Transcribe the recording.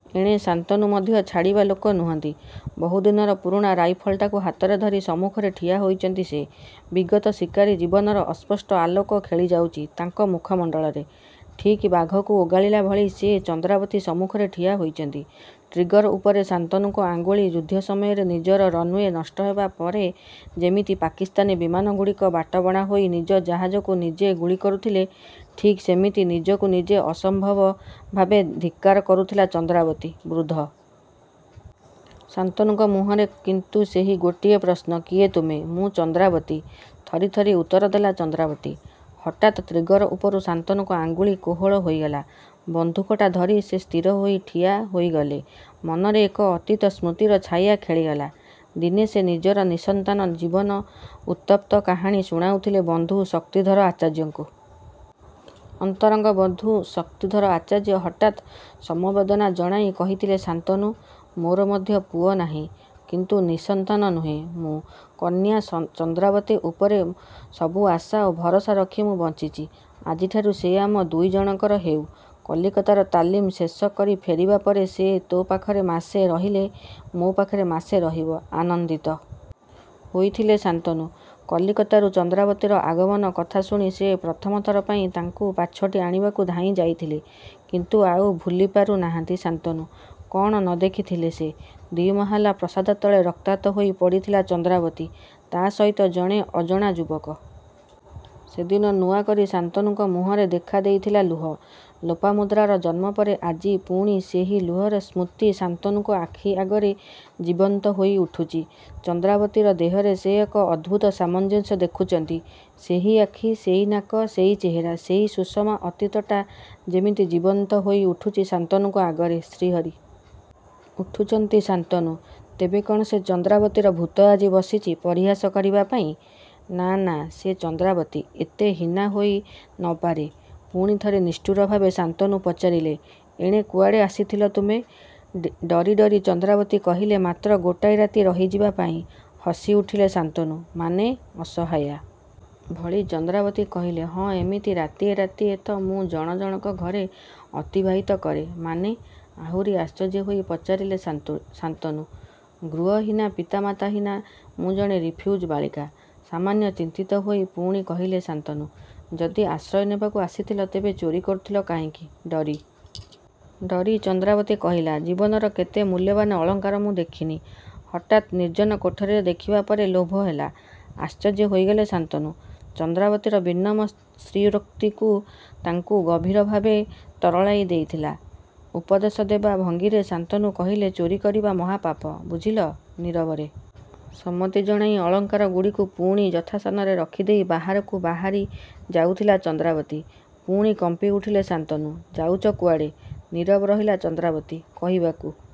ଏଣେ ଶାନ୍ତନୁ ମଧ୍ୟ ଛାଡ଼ିବା ଲୋକ ନୁହଁନ୍ତି। ବହୁଦିନର ପୁରୁଣା ରାଇଫଲ୍‌ଟାକୁ ହାତରେ ଧରି ସମ୍ମୁଖରେ ଠିଆ ହୋଇଛନ୍ତି ସେ। ବିଗତ ଶିକାରୀ ଜୀବନର ଅସ୍ପଷ୍ଟ ଆଲୋକ ଖେଳିଯାଉଛି ତାଙ୍କ ମୁଖମଣ୍ଡଳରେ। ଠିକ୍ ବାଘକୁ ଓଗାଳିଲା ଭଳି ସେ ଚନ୍ଦ୍ରାବତୀ ସମ୍ମୁଖରେ ଠିଆ ହୋଇଛନ୍ତି। ଟ୍ରିଗର ଉପରେ ଶାନ୍ତନୁଙ୍କ ଆଙ୍ଗୁଳି ଯୁଦ୍ଧ ସମୟରେ ନିଜର ରନ୍‌ୱେ ନଷ୍ଟ ହେବା ପରେ ଯେମିତି ପାକିସ୍ତାନୀ ବିମାନଗୁଡ଼ିକ ବାଟବଣା ହୋଇ ନିଜ ଜାହାଜକୁ ନିଜେ ଗୁଳି କରୁଥିଲେ, ଠିକ୍ ସେମିତି ନିଜକୁ ନିଜେ ଅସମ୍ଭବ ଭାବେ ଧିକ୍କାର କରୁଥିଲା ଚନ୍ଦ୍ରାବତୀ। ବୃଦ୍ଧ ଶାନ୍ତନୁଙ୍କ ମୁହଁରେ କିନ୍ତୁ ସେହି ଗୋଟିଏ ପ୍ରଶ୍ନ “କିଏ ତୁମେ?”“ମୁଁ ଚନ୍ଦ୍ରାବତୀ।”ଥରି ଥରି ଉତ୍ତର ଦେଲା ଚନ୍ଦ୍ରାବତୀ। ହଠାତ୍ ଟ୍ରିଗର ଉପରୁ ଶାନ୍ତନୁଙ୍କ ଆଙ୍ଗୁଳି କୋହଳ ହୋଇଗଲା। ବନ୍ଧୁକଟାକୁ ଧରି ସେ ସ୍ଥିର ହୋଇ ଠିଆ ହୋଇଗଲେ। ମନରେ ଏକ ଅତୀତ ସ୍ମୃତିର ଛାୟା ଖେଳିଗଲା। ଦିନେ ସେ ନିଜର ନିଃସନ୍ତାନ ଜୀବନର ଉତ୍ତପ୍ତ କାହାଣୀ ଶୁଣାଉଥିଲେ ବନ୍ଧୁ ଶକ୍ତିଧର ଆଚାର୍ଯ୍ୟଙ୍କୁ। ଅନ୍ତରଙ୍ଗ ବନ୍ଧୁ ଶକ୍ତିଧର ଆଚାର୍ଯ୍ୟ ହଠାତ୍ ସମବେଦନା ଜଣାଇ କହିଥିଲେ“ଶାନ୍ତନୁ! ମୋର ମଧ୍ୟ ପୁଅ ନାହିଁ। କିନ୍ତୁ ନିଃସନ୍ତାନ ନୁହେଁ ମୁଁ। କନ୍ୟା ଚନ୍ଦ୍ରାବତୀ ଉପରେ ସବୁ ଆଶା ଓ ଭରସା ରଖି ମୁଁ ବଞ୍ଚିଛି। ଆଜିଠାରୁ ସେ ଆମ ଦୁଇଜଣଙ୍କର ହେଉ। କଲିକତାର ତାଲିମ ଶେଷ କରି ଫେରିବା ପରେ ସେ ତୋ ପାଖରେ ମାସେ ରହିଲେ, ମୋ ପାଖରେ ମାସେ ରହିବ।”ଆନନ୍ଦିତ ହୋଇଥିଲେ ଶାନ୍ତନୁ। କଲିକତାରୁ ଚନ୍ଦ୍ରାବତୀର ଆଗମନ କଥା ଶୁଣି ସେ ପ୍ରଥମଥର ପାଇଁ ତାଙ୍କୁ ପାଛୋଟି ଆଣିବାକୁ ଧାଇଁ ଯାଇଥିଲେ। କିନ୍ତୁ ଆଉ ଭୁଲିପାରୁ ନାହାଁନ୍ତି ଶାନ୍ତନୁ। କ'ଣ ନ ଦେଖିଥିଲେ ସେ! ଦ୍ୱିମହଲା ପ୍ରାସାଦ ତଳେ ରକ୍ତାକ୍ତ ହୋଇ ପଡ଼ିଥିଲା ଚନ୍ଦ୍ରାବତୀ। ତା' ସହିତ ଜଣେ ଅଜଣା ଯୁବକ। ସେଦିନ ନୂଆ କରି ଶାନ୍ତନୁଙ୍କ ମୁହଁରେ ଦେଖା ଦେଇଥିଲା ଲୁହ। ଲୋପାମୁଦ୍ରାର ଜନ୍ମ ପରେ ଆଜି ପୁଣି ସେହି ଲୁହର ସ୍ମୃତି ଶାନ୍ତନୁଙ୍କ ଆଖି ଆଗରେ ଜୀବନ୍ତ ହୋଇ ଉଠୁଛି। ଚନ୍ଦ୍ରାବତୀର ଦେହରେ ସେ ଏକ ଅଦ୍ଭୁତ ସାମଞ୍ଜସ୍ୟ ଦେଖୁଛନ୍ତି। ସେହି ଆଖି, ସେହି ନାକ, ସେହି ଚେହେରା, ସେହି ସୁଷମା ଅତୀତଟା ଯେମିତି ଜୀବନ୍ତ ହୋଇ ଉଠୁଛି ଶାନ୍ତନୁଙ୍କ ଆଗରେ। ଶିହରି ଉଠୁଛନ୍ତି ଶାନ୍ତନୁ। ତେବେ କ'ଣ ସେ ଚନ୍ଦ୍ରାବତୀର ଭୂତ ଆଜି ଆସିଛି ପରିହାସ କରିବା ପାଇଁ?“ନାଁ ନାଁସେ ଚନ୍ଦ୍ରାବତୀ ଏତେ ହୀନା ହୋଇ ନ ପାରେ।”ପୁଣି ଥରେ ନିଷ୍ଠୁର ଭାବେ ଶାନ୍ତନୁ ପଚାରିଲ“ଏଣେ କୁଆଡ଼େ ଆସିଥିଲ ତୁମେ?”ଡରି ଡରି ଚନ୍ଦ୍ରାବତୀ କହିଲା“ମାତ୍ର ରାତିଏ ରହିଯିବା ପାଇଁ।”ହସି ଉଠିଲେ ଶାନ୍ତନୁ।“ମାନେ?”ଅସହାୟା ଭଳି ଚନ୍ଦ୍ରାବତୀ କହିଲ “ହଁଏମିତି ରାତିଏ ରାତିଏ ତ ମୁଁ ଜଣ ଜଣକ ଘରେ ଅତିବାହିତ କରେ।”“ମାନେ?”ଆହୁରି ଆଶ୍ଚର୍ଯ୍ୟ ହୋଇ ପଚାରିଲେ ଶାନ୍ତନୁ।“ଗୃହହୀନା, ପିତାମାତାହୀନା ମୁଁ ଜଣେ ରିଫ୍ୟୁଜି ବାଳିକା।”ସାମାନ୍ୟ ଚିନ୍ତିତ ହୋଇ ପୁଣି କହିଲେ ଶାନ୍ତନ “ଯଦି ଆଶ୍ରୟ ନେବାକୁ ଆସିଥିଲ, ତେବେ ଚୋରି କରୁଥିଲ କାହିଁକି?”ଡରି ଡରି ଚନ୍ଦ୍ରାବତୀ କହିଲାଜୀବନରେ କେତେ ମୂଲ୍ୟବାନ ଅଳଙ୍କାର ମୁଁ ଦେଖିନି। ହଠାତ୍ ନିର୍ଜନ କୋଠରୀରେ ଦେଖିବା ପରେ ଲୋଭ ହେଲା। ଆଶ୍ଚର୍ଯ୍ୟ ହୋଇଗଲେ ଶାନ୍ତନୁ। ଚନ୍ଦ୍ରାବତୀର ବିନମ୍ର ସ୍ୱୀରୋକ୍ତି ତାଙ୍କୁ ଗଭୀର ଭାବେ ତରଳାଇ ଦେଇଥିଲା। ଉପଦେଶ ଦେବା ଭଙ୍ଗୀରେ ଶାନ୍ତନୁ କହିଲେ ଚୋରି କରିବା ମହାପାପ ବୁଝିଲ? ନୀରବରେ ସମ୍ମତି ଜଣାଇ ଅଳଙ୍କାରଗୁଡ଼ିକୁ ପୁଣି ଯଥାସ୍ଥାନରେ ରଖିଦେଇ ବାହାରକୁ ବାହାରି ଯାଉଥିଲା ଚନ୍ଦ୍ରାବତୀ। ପୁଣି କମ୍ପିଉଠିଲେ ଶାନ୍ତନୁ।“ଯାଉଛ କେଉଁଆଡ଼େ?”ନୀରବ ରହିଲା ଚନ୍ଦ୍ରାବତୀ। କହିବାକୁ